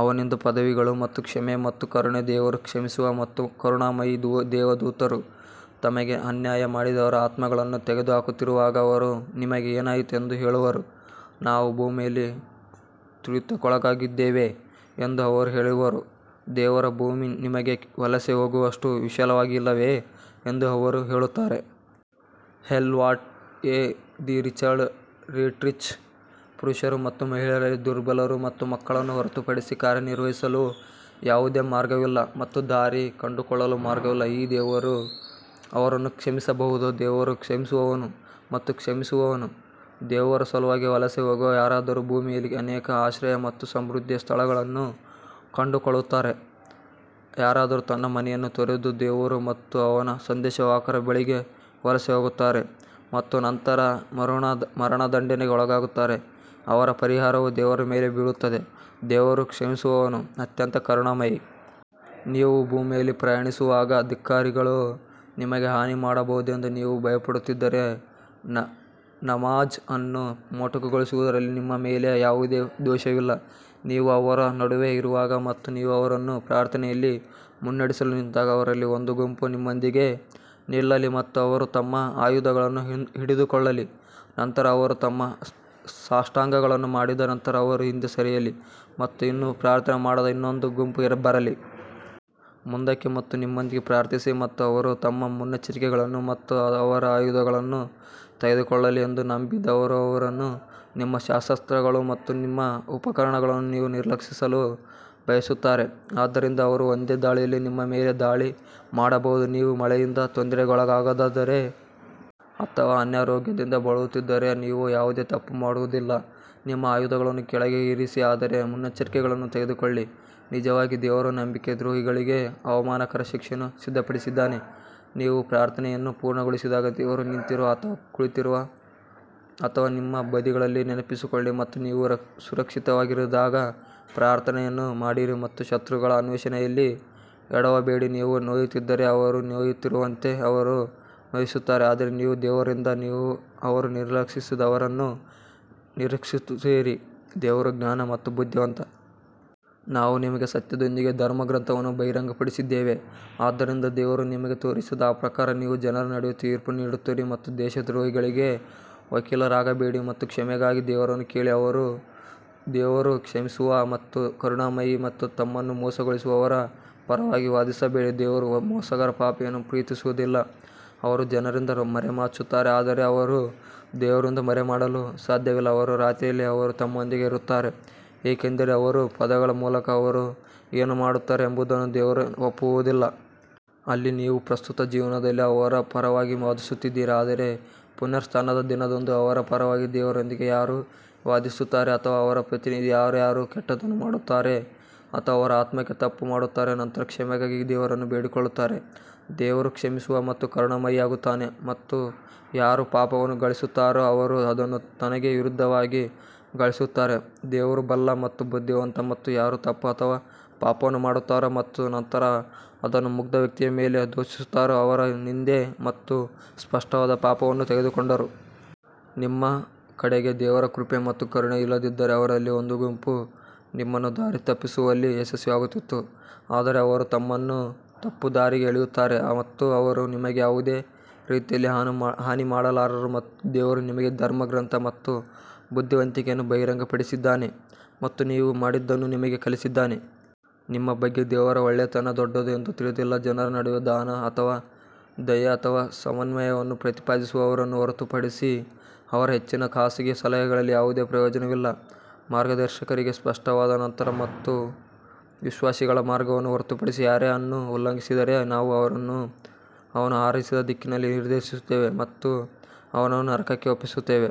ಅವನಿಂದ ಪದವಿಗಳು ಮತ್ತು ಕ್ಷಮೆ ಮತ್ತು ಕರುಣೆ ದೇವರು ಕ್ಷಮಿಸುವ ಮತ್ತು ಕರುಣಾಮಯಿ ದೇವದೂತರು ತಮಗೇ ಅನ್ಯಾಯ ಮಾಡಿದವರ ಆತ್ಮಗಳನ್ನು ತೆಗೆದುಹಾಕುತ್ತಿರುವಾಗ ಅವರು ನಿಮಗೆ ಏನಾಯಿತು ಎಂದು ಹೇಳುವರು, ನಾವು ಭೂಮಿಯಲ್ಲಿ ತುಳಿತಕ್ಕೊಳಗಾಗಿದ್ದೇವೆ ಎಂದು ಅವರು ಹೇಳುವರು, ದೇವರ ಭೂಮಿ ನಿಮಗೆ ವಲಸೆ ಹೋಗುವಷ್ಟು ವಿಶಾಲವಾಗಿಲ್ಲವೇ ಎಂದು ಅವರು ಹೇಳುತ್ತಾರೆ. Hell what a wretched retreat ಪುರುಷರು ಮತ್ತು ಮಹಿಳೆಯರಲ್ಲಿ ದುರ್ಬಲರು ಮತ್ತು ಮಕ್ಕಳನ್ನು ಹೊರತುಪಡಿಸಿ ಕಾರ್ಯನಿರ್ವಹಿಸಲು ಯಾವುದೇ ಮಾರ್ಗವಿಲ್ಲ ಮತ್ತು ದಾರಿ ಕಂಡುಕೊಳ್ಳಲು ಮಾರ್ಗವಿಲ್ಲ ಈ ದೇವರು ಅವರನ್ನು ಕ್ಷಮಿಸಬಹುದು, ದೇವರು ಕ್ಷಮಿಸುವವನು ಮತ್ತು ಕ್ಷಮಿಸುವವನು ದೇವರ ಸಲುವಾಗಿ ವಲಸೆ ಹೋಗುವ ಯಾರಾದರೂ ಭೂಮಿಯಲ್ಲಿ ಅನೇಕ ಆಶ್ರಯ ಮತ್ತು ಸಮೃದ್ಧಿಯ ಸ್ಥಳಗಳನ್ನು ಕಂಡುಕೊಳ್ಳುತ್ತಾರೆ, ಯಾರಾದರೂ ತನ್ನ ಮನೆಯನ್ನು ತೊರೆದು ದೇವರು ಮತ್ತು ಅವನ ಸಂದೇಶವಾಹಕರ ಬಳಿಗೆ ವಲಸೆ ಹೋಗುತ್ತಾರೆ ಮತ್ತು ನಂತರ ಮರಣದಂಡನೆಗೆ ಒಳಗಾಗುತ್ತಾರೆ ಅವರ ಪರಿಹಾರವು ದೇವರ ಮೇಲೆ ಬೀಳುತ್ತದೆ ದೇವರು ಕ್ಷಮಿಸುವವನು ಅತ್ಯಂತ ಕರುಣಾಮಯಿ. ನೀವು ಭೂಮಿಯಲ್ಲಿ ಪ್ರಯಾಣಿಸುವಾಗ, ಧಿಕ್ಕಾರಿಗಳು ನಿಮಗೆ ಹಾನಿ ಮಾಡಬಹುದೆಂದು ನೀವು ಭಯಪಡುತ್ತಿದ್ದರೆ, ನಮಾಝ್ ಅನ್ನು ಮೊಟಕುಗೊಳಿಸುವುದರಲ್ಲಿ ನಿಮ್ಮ ಮೇಲೆ ಯಾವುದೇ ದೋಷವಿಲ್ಲ. ನೀವು ಅವರ ನಡುವೆ ಇರುವಾಗ ಮತ್ತು ನೀವು ಅವರನ್ನು ಪ್ರಾರ್ಥನೆಯಲ್ಲಿ ಮುನ್ನಡೆಸಲು ನಿಂತಾಗ ಅವರಲ್ಲಿ ಒಂದು ಗುಂಪು ನಿಮ್ಮೊಂದಿಗೆ ನಿಲ್ಲಲಿ ಮತ್ತು ಅವರು ತಮ್ಮ ಆಯುಧಗಳನ್ನು ಹಿಡಿದುಕೊಳ್ಳಲಿ, ನಂತರ ಅವರು ತಮ್ಮ ಸಾಷ್ಟಾಂಗಗಳನ್ನು ಮಾಡಿದ ನಂತರ ಅವರು ಹಿಂದೆ ಸರಿಯಲಿ ಮತ್ತು ಇನ್ನೂ ಪ್ರಾರ್ಥನೆ ಮಾಡದ ಇನ್ನೊಂದು ಗುಂಪು ಬರಲಿ. ಮುಂದಕ್ಕೆ ಮತ್ತು ನಿಮ್ಮೊಂದಿಗೆ ಪ್ರಾರ್ಥಿಸಿ ಮತ್ತು ಅವರು ತಮ್ಮ ಮುನ್ನೆಚ್ಚರಿಕೆಗಳನ್ನು ಮತ್ತು ಅವರ ಆಯುಧಗಳನ್ನು ತೆಗೆದುಕೊಳ್ಳಲಿ ಎಂದು ನಂಬದಿರುವವರು ನಿಮ್ಮ ಶಸ್ತ್ರಾಸ್ತ್ರಗಳು ಮತ್ತು ನಿಮ್ಮ ಉಪಕರಣಗಳನ್ನು ನೀವು ನಿರ್ಲಕ್ಷಿಸಲು ಬಯಸುತ್ತಾರೆ, ಆದ್ದರಿಂದ ಅವರು ಒಂದೇ ದಾಳಿಯಲ್ಲಿ ನಿಮ್ಮ ಮೇಲೆ ದಾಳಿ ಮಾಡಬಹುದು, ನೀವು ಮಳೆಯಿಂದ ತೊಂದರೆಗೊಳಗಾದರೆ ಅಥವಾ ಅನಾರೋಗ್ಯದಿಂದ ಬಳಲುತ್ತಿದ್ದರೆ ನೀವು ಯಾವುದೇ ತಪ್ಪು ಮಾಡುವುದಿಲ್ಲ ನಿಮ್ಮ ಆಯುಧಗಳನ್ನು ಕೆಳಗೆ ಇರಿಸಿ ಆದರೆ ಮುನ್ನೆಚ್ಚರಿಕೆಗಳನ್ನು ತೆಗೆದುಕೊಳ್ಳಿ ನಿಜವಾಗಿ ದೇವರು ನಂಬಿಕೆ ದ್ರೋಹಿಗಳಿಗೆ ಅವಮಾನಕರ ಶಿಕ್ಷೆಯನ್ನು ಸಿದ್ಧಪಡಿಸಿದ್ದಾನೆ ನೀವು ಪ್ರಾರ್ಥನೆಯನ್ನು ಪೂರ್ಣಗೊಳಿಸಿದಾಗ ದೇವರು ನಿಂತಿರುವ ಅಥವಾ ಕುಳಿತಿರುವ ಅಥವಾ ನಿಮ್ಮ ಬದಿಗಳಲ್ಲಿ ನೆನಪಿಸಿಕೊಳ್ಳಿ ಮತ್ತು ನೀವು ಸುರಕ್ಷಿತವಾಗಿರಿದಾಗ ಪ್ರಾರ್ಥನೆಯನ್ನು ಮಾಡಿರಿ ಮತ್ತು ಶತ್ರುಗಳ ಅನ್ವೇಷಣೆಯಲ್ಲಿ ಎಡವಬೇಡಿ ನೀವು ನೋಯುತ್ತಿದ್ದರೆ ಅವರು ನೋಯುತ್ತಿರುವಂತೆ ಅವರು ನೋಯಿಸುತ್ತಾರೆ ಆದರೆ ನೀವು ದೇವರಿಂದ ಅವರು ನಿರೀಕ್ಷಿಸಲಾಗದದನ್ನು ನಿರೀಕ್ಷಿಸುತ್ತೀರಿ ದೇವರು ಜ್ಞಾನ ಮತ್ತು ಬುದ್ಧಿವಂತ. ನಾವು ನಿಮಗೆ ಸತ್ಯದೊಂದಿಗೆ ಧರ್ಮಗ್ರಂಥವನ್ನು ಬಹಿರಂಗಪಡಿಸಿದ್ದೇವೆ, ಆದ್ದರಿಂದ ದೇವರು ನಿಮಗೆ ತೋರಿಸಿದ ಪ್ರಕಾರ ನೀವು ಜನರ ನಡುವೆ ತೀರ್ಪು ನೀಡುತ್ತೀರಿ ಮತ್ತು ದೇಶದ್ರೋಹಿಗಳಿಗೆ ವಕೀಲರಾಗಬೇಡಿ ಮತ್ತು ಕ್ಷಮೆಗಾಗಿ ದೇವರನ್ನು ಕೇಳಿ ದೇವರು ಕ್ಷಮಿಸುವ ಮತ್ತು ಕರುಣಾಮಯಿ ಮತ್ತು ತಮ್ಮನ್ನು ಮೋಸಗೊಳಿಸುವವರ ಪರವಾಗಿ ವಾದಿಸಬೇಡಿ ದೇವರು ಮೋಸಗಾರ ಪಾಪಿಯನ್ನು ಪ್ರೀತಿಸುವುದಿಲ್ಲ ಅವರು ಜನರಿಂದ ಮರೆಮಾಚುತ್ತಾರೆ ಆದರೆ ಅವರು ದೇವರಿಂದ ಮರೆಮಾಡಲು ಸಾಧ್ಯವಿಲ್ಲ, ಅವರು ರಾತ್ರಿಯಲ್ಲಿ ಅವರು ತಮ್ಮೊಂದಿಗೆ ಇರುತ್ತಾರೆ ಏಕೆಂದರೆ ಅವರು ಪದಗಳ ಮೂಲಕ ಅವರು ಏನು ಮಾಡುತ್ತಾರೆ ಎಂಬುದನ್ನು ದೇವರು ಒಪ್ಪುವುದಿಲ್ಲ. ಅಲ್ಲಿ ನೀವು ಪ್ರಸ್ತುತ ಜೀವನದಲ್ಲಿ ಅವರ ಪರವಾಗಿ ವಾದಿಸುತ್ತಿದ್ದೀರಿ ಆದರೆ ಪುನರುತ್ಥಾನದ ದಿನದಂದು ಅವರ ಪರವಾಗಿ ದೇವರೊಂದಿಗೆ ಯಾರು ವಾದಿಸುತ್ತಾರೆ ಅಥವಾ ಅವರ ಪ್ರತಿನಿಧಿ ಯಾರು ಯಾರು ಕೆಟ್ಟದ್ದನ್ನು ಮಾಡುತ್ತಾರೆ ಅಥವಾ ಅವರ ಆತ್ಮಕ್ಕೆ ತಪ್ಪು ಮಾಡುತ್ತಾರೆ, ನಂತರ ಕ್ಷಮೆಗಾಗಿ ದೇವರನ್ನು ಬೇಡಿಕೊಳ್ಳುತ್ತಾರೆ, ದೇವರು ಕ್ಷಮಿಸುವ ಮತ್ತು ಕರುಣಾಮಯಿಯಾಗುತ್ತಾನೆ ಮತ್ತು ಯಾರು ಪಾಪವನ್ನು ಗಳಿಸುತ್ತಾರೋ ಅವರು ಅದನ್ನು ತನಗೆ ವಿರುದ್ಧವಾಗಿ ಗಳಿಸುತ್ತಾರೆ, ದೇವರು ಬಲ್ಲ ಮತ್ತು ಬುದ್ಧಿವಂತ ಮತ್ತು ಯಾರು ತಪ್ಪು ಅಥವಾ ಪಾಪವನ್ನು ಮಾಡುತ್ತಾರೆ ಮತ್ತು ನಂತರ ಅದನ್ನು ಮುಗ್ಧ ವ್ಯಕ್ತಿಯ ಮೇಲೆ ದೂಷಿಸುತ್ತಾರೆ, ಅವರು ನಿಂದೆ ಮತ್ತು ಸ್ಪಷ್ಟವಾದ ಪಾಪವನ್ನು ತೆಗೆದುಕೊಂಡರು. ನಿಮ್ಮ ಕಡೆಗೆ ದೇವರ ಕೃಪೆ ಮತ್ತು ಕರುಣೆ ಇಲ್ಲದಿದ್ದರೆ ಅವರಲ್ಲಿ ಒಂದು ಗುಂಪು ನಿಮ್ಮನ್ನು ದಾರಿತಪ್ಪಿಸುವಲ್ಲಿ ಯಶಸ್ವಿಯಾಗುತ್ತಿತ್ತು ಆದರೆ ಅವರು ತಮ್ಮನ್ನು ತಪ್ಪುದಾರಿಗೆ ಎಳೆಯುತ್ತಾರೆ ಮತ್ತು ಅವರು ನಿಮಗೆ ಯಾವುದೇ ರೀತಿಯಲ್ಲಿ ಹಾನಿ ಮಾಡಲಾರರು ಮತ್ತು ದೇವರು ನಿಮಗೆ ಧರ್ಮಗ್ರಂಥ ಮತ್ತು ಬುದ್ಧಿವಂತಿಕೆಯನ್ನು ಬಹಿರಂಗಪಡಿಸಿದ್ದಾನೆ ಮತ್ತು ನೀವು ಮಾಡಿದ್ದನ್ನು ನಿಮಗೆ ಕಲಿಸಿದ್ದಾನೆ. ನಿಮ್ಮ ಬಗ್ಗೆ ದೇವರ ಒಳ್ಳೆಯತನ ದೊಡ್ಡದು ಎಂದು ತಿಳಿದಿಲ್ಲ ಜನರ ನಡುವೆ ದಾನ ಅಥವಾ ದಯೆ ಅಥವಾ ಸಮನ್ವಯವನ್ನು ಪ್ರತಿಪಾದಿಸುವವರನ್ನು ಹೊರತುಪಡಿಸಿ ಅವರ ಹೆಚ್ಚಿನ ಖಾಸಗಿ ಸಲಹೆಗಳಲ್ಲಿ ಯಾವುದೇ ಪ್ರಯೋಜನವಿಲ್ಲ ಮಾರ್ಗದರ್ಶಕರಿಗೆ ಸ್ಪಷ್ಟವಾದ ನಂತರ ಮತ್ತು ವಿಶ್ವಾಸಿಗಳ ಮಾರ್ಗವನ್ನು ಹೊರತುಪಡಿಸಿ ಯಾರೇ ಅನ್ನು ಉಲ್ಲಂಘಿಸಿದರೆ, ನಾವು ಅವನನ್ನು ಅವನು ಆರಿಸಿದ ದಿಕ್ಕಿನಲ್ಲಿ ನಿರ್ದೇಶಿಸುತ್ತೇವೆ ಮತ್ತು ಅವನನ್ನು ನರಕಕ್ಕೆ ಒಪ್ಪಿಸುತ್ತೇವೆ.